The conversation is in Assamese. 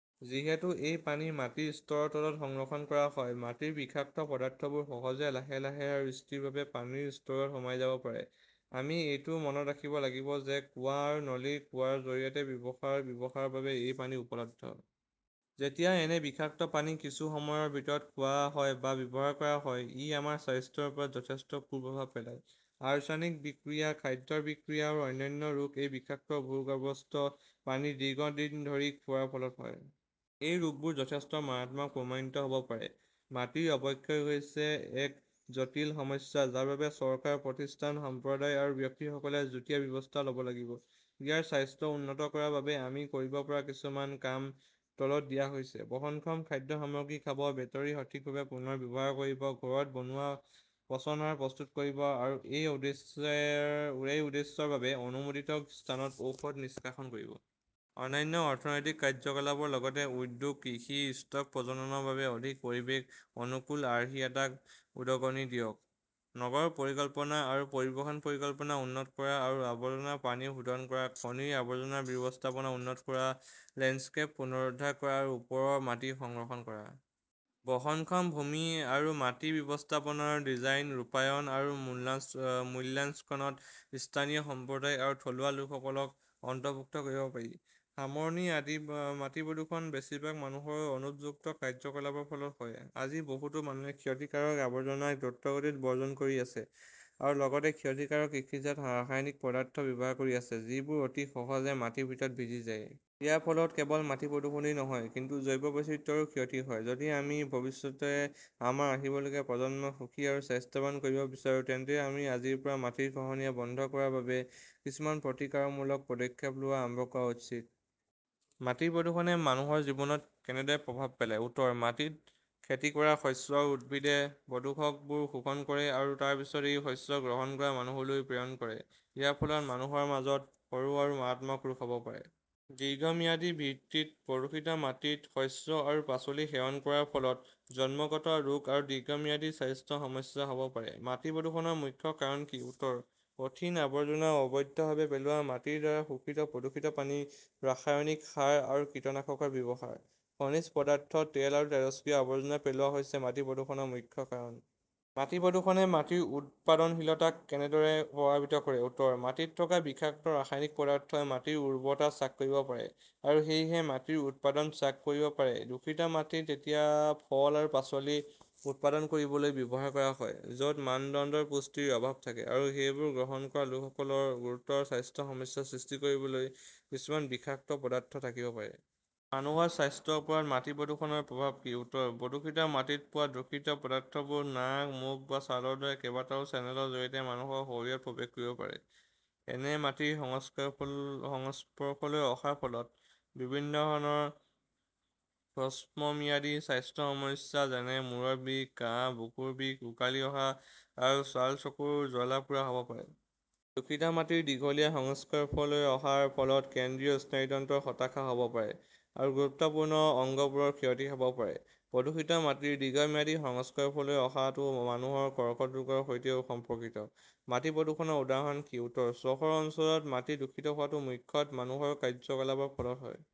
যিহেতু এই পানী মাটিৰ স্তৰৰ তলত সংৰক্ষণ কৰা হয়, মাটিৰ বিষাক্ত পদাৰ্থবোৰ সহজে লাহে লাহে আৰু স্থিৰভাৱে পানীৰ স্তৰত সোমাই যাব পাৰে। আমি এইটোও মনত ৰাখিব লাগিব যে কুঁৱা আৰু নলীৰ কুঁৱাৰ জৰিয়তে ব্যৱহাৰ আৰু ব্যৱহাৰৰ বাবে এইপানী উপলব্ধ। যেতিয়া এনে বিষাক্ত পানী কিছু সময়ৰ ভিতৰত খোৱা হয় বা ব্যৱহাৰ কৰা হয়, ই আমাৰ স্বাস্থ্যৰ ওপৰত যথেষ্ট কুপ্ৰভাৱ পেলায়। আৰ্চেনিক বিষক্ৰিয়া, খাদ্যৰ বিষক্ৰিয়া আৰু অন্যান্য ৰোগ এই বিষাক্ত ভূগৰ্ভস্থ পানী দীৰ্ঘদিন ধৰি খোৱাৰ ফলত হয়। এই ৰোগবোৰ যথেষ্ট মাৰাত্মক প্ৰমাণিত হ'ব পাৰে। মাটিৰ অৱক্ষয় হৈছে এক জটিল সমস্যা যাৰ বাবে চৰকাৰ, প্ৰতিষ্ঠান, সম্প্ৰদায় আৰু ব্যক্তিসকলে যুটীয়া ব্যৱস্থা ল'ব লাগিব। ইয়াৰ স্বাস্থ্য উন্নত কৰাৰ বাবে আমি কৰিব পৰা কিছুমান কাম তলত দিয়া হৈছে: বহনক্ষম খাদ্য সামগ্ৰী খাব, বেটাৰি সঠিকভাৱে পুনৰ ব্যৱহাৰ কৰিব, ঘৰত বনোৱা পচন সাৰ প্ৰস্তুত কৰিব আৰু এই উদ্দেশ্যৰ বাবে অনুমোদিত স্থানত ঔষধ নিষ্কাশন কৰিব। অনান্য অৰ্থনৈতিক কাৰ্যকলাপৰ লগতে উদ্যোগ, কৃষি আৰু ষ্টক প্ৰজননৰ বাবে অধিক পৰিৱেশ-অনুকূল আৰ্হি এটাক উদগনি দিয়ক। নগৰ পৰিকল্পনা আৰু পৰিবহন পৰিকল্পনা উন্নত কৰা আৰু আৱৰ্জনা পানী শোধন কৰা। খনিৰ আৱৰ্জনাৰ ব্যৱস্থাপনা উন্নত কৰা, লেণ্ডস্কেপ পুনৰুদ্ধাৰ কৰা আৰু ওপৰৰ মাটি সংৰক্ষণ কৰা। বহনক্ষম ভূমি আৰু মাটি ব্যৱস্থাপনাৰ ডিজাইন, ৰূপায়ণ আৰু মূল্যাঙ্কনত স্থানীয় সম্প্ৰদায় আৰু থলুৱা লোকসকলক অন্তৰ্ভুক্ত কৰিব। সামৰণি মাটিপ্ৰদূষণ বেছিভাগ মানুহৰ অনুপযুক্ত কাৰ্যকলাপৰ ফলত হয়। আজি, বহুতো মানুহে ক্ষতিকাৰক আৱৰ্জনা দ্ৰুতগতিত বৰ্জন কৰি আছে আৰু লগতে ক্ষতিকাৰক কৃষিজাত ৰাসায়নিক পদাৰ্থ ব্যৱহাৰ কৰি আছে যি বোৰ অতি সহজে মাটিৰ ভিতৰত ভিজি যায়। ইয়াৰ ফলত কেৱল মাটিপ্ৰদূষণেই নহয় কিন্তু জৈৱ বৈচিত্ৰ্যৰো ক্ষতি হয়। যদি আমি ভৱিষ্যতে আমাৰ আহিবলগীয়া প্ৰজন্মক সুখী আৰু স্বাস্থ্যৱান কৰিব বিচাৰো, তেন্তে আমি আজিৰ পৰা মাটিৰ খহনীয়া বন্ধ কৰাৰ বাবে কিছুমান প্ৰতিকাৰমূলক পদক্ষেপ লোৱা আৰম্ভ কৰা উচিত।. মাটিৰ প্ৰদূষণে মানুহৰ জীৱনত কেনেদৰে প্ৰভাৱ পেলায়? উত্তৰ: মাটিত খেতি কৰা শস্য আৰু উদ্ভিদে প্ৰদূষকবোৰ শোষণ কৰে আৰু তাৰ পিছত এই শস্য গ্ৰহণ কৰা মানুহলৈ প্ৰেৰণ কৰে। ইয়াৰ ফলত মানুহৰ মাজত সৰু আৰু মাৰাত্মক ৰোগ হ'ব পাৰে। দীৰ্ঘম্যাদী ভিত্তিত প্ৰদূষিত মাটিত শস্য আৰু পাচলি সেৱন কৰাৰ ফলত জন্মগত ৰোগ আৰু দীৰ্ঘম্যাদী স্বাস্থ্য সমস্যা হ'ব পাৰে।. মাটি প্ৰদূষণৰ মুখ্য কাৰণ কি? উত্তৰ: কঠিন আৱৰ্জনা অবৈধভাৱে পেলোৱা, মাটিৰ দ্বাৰা শোষিত প্ৰদূষিত পানী, ৰাসায়নিক সাৰ আৰু কীটনাশকৰ ব্যৱহাৰ, খনিজ পদাৰ্থ, তেল আৰু তেজস্ক্ৰিয় আৱৰ্জনা পেলোৱা হৈছে মাটি প্ৰদূষণৰ মুখ্য কাৰণ।. মাটিৰ প্ৰদূষণে মাটিৰ উৎপাদনশীলতাক কেনেদৰে প্ৰভাৱিত কৰে? উত্তৰ: মাটিত থকা বিষাক্ত ৰাসায়নিক পদাৰ্থই মাটিৰ উৰ্বৰতা হ্ৰাস কৰিব পাৰে আৰু সেয়েহে মাটিৰ উৎপাদন হ্ৰাস কৰিব পাৰে। দূষিত মাটি তেতিয়া ফল আৰু পাচলি উৎপাদন কৰিবলৈ ব্যৱহাৰ কৰা হয়, য'ত মানদণ্ডৰ পুষ্টিৰ অভাৱ থাকে আৰু সেইবোৰ গ্ৰহণ কৰা লোকসকলৰ গুৰুতৰ স্বাস্থ্য সমস্যা সৃষ্টি কৰিবলৈ কিছুমান বিষাক্ত পদাৰ্থ থাকিব পাৰে।. মানুহৰ স্বাস্থ্যৰ ওপৰত মাটি প্ৰদূষণৰ প্ৰভাৱ কি? উত্তৰ: প্ৰদূষিত মাটিত পোৱা দূষিত পদাৰ্থবোৰ নাক, মুখ বা ছালৰ দৰে কেইবাটাও চেনেলৰ জৰিয়তে মানুহৰ শৰীৰত প্ৰৱেশ কৰিব পাৰে। এনে মাটিৰ সংস্পৰ্শলৈ অহাৰ ফলত বিভিন্ন ধৰণৰ হ্ৰস্বম্যাদী স্বাস্থ্য সমস্যা যেনে মুৰৰ বিষ, কাহ, বুকুৰ বিষ, ওকালি অহা, আৰু ছাল/চকুৰ জ্বলা-পোৰা হ'ব পাৰে। দূষিত মাটিৰ দীঘলীয়া সংস্পৰ্শলৈ অহাৰ ফলত কেন্দ্ৰীয় স্নায়ুতন্ত্ৰৰ হতাশা হ'ব পাৰে আৰু গুৰুত্বপূৰ্ণ অঙ্গবোৰৰ ক্ষতি হ'ব পাৰে। প্ৰদূষিত মাটিৰ দীৰ্ঘম্যাদী সংস্পৰ্শলৈ অহাটো মানুহৰ কৰ্কট ৰোগৰ সৈতেও সম্পৰ্কিত।. মাটি প্ৰদূষণৰ উদাহৰণ কি? উত্তৰ: চহৰ অঞ্চলত, মাটি দূষিত হোৱাটো মুখ্যতঃ মানুহৰ কাৰ্যকলাপৰ ফলত হয়।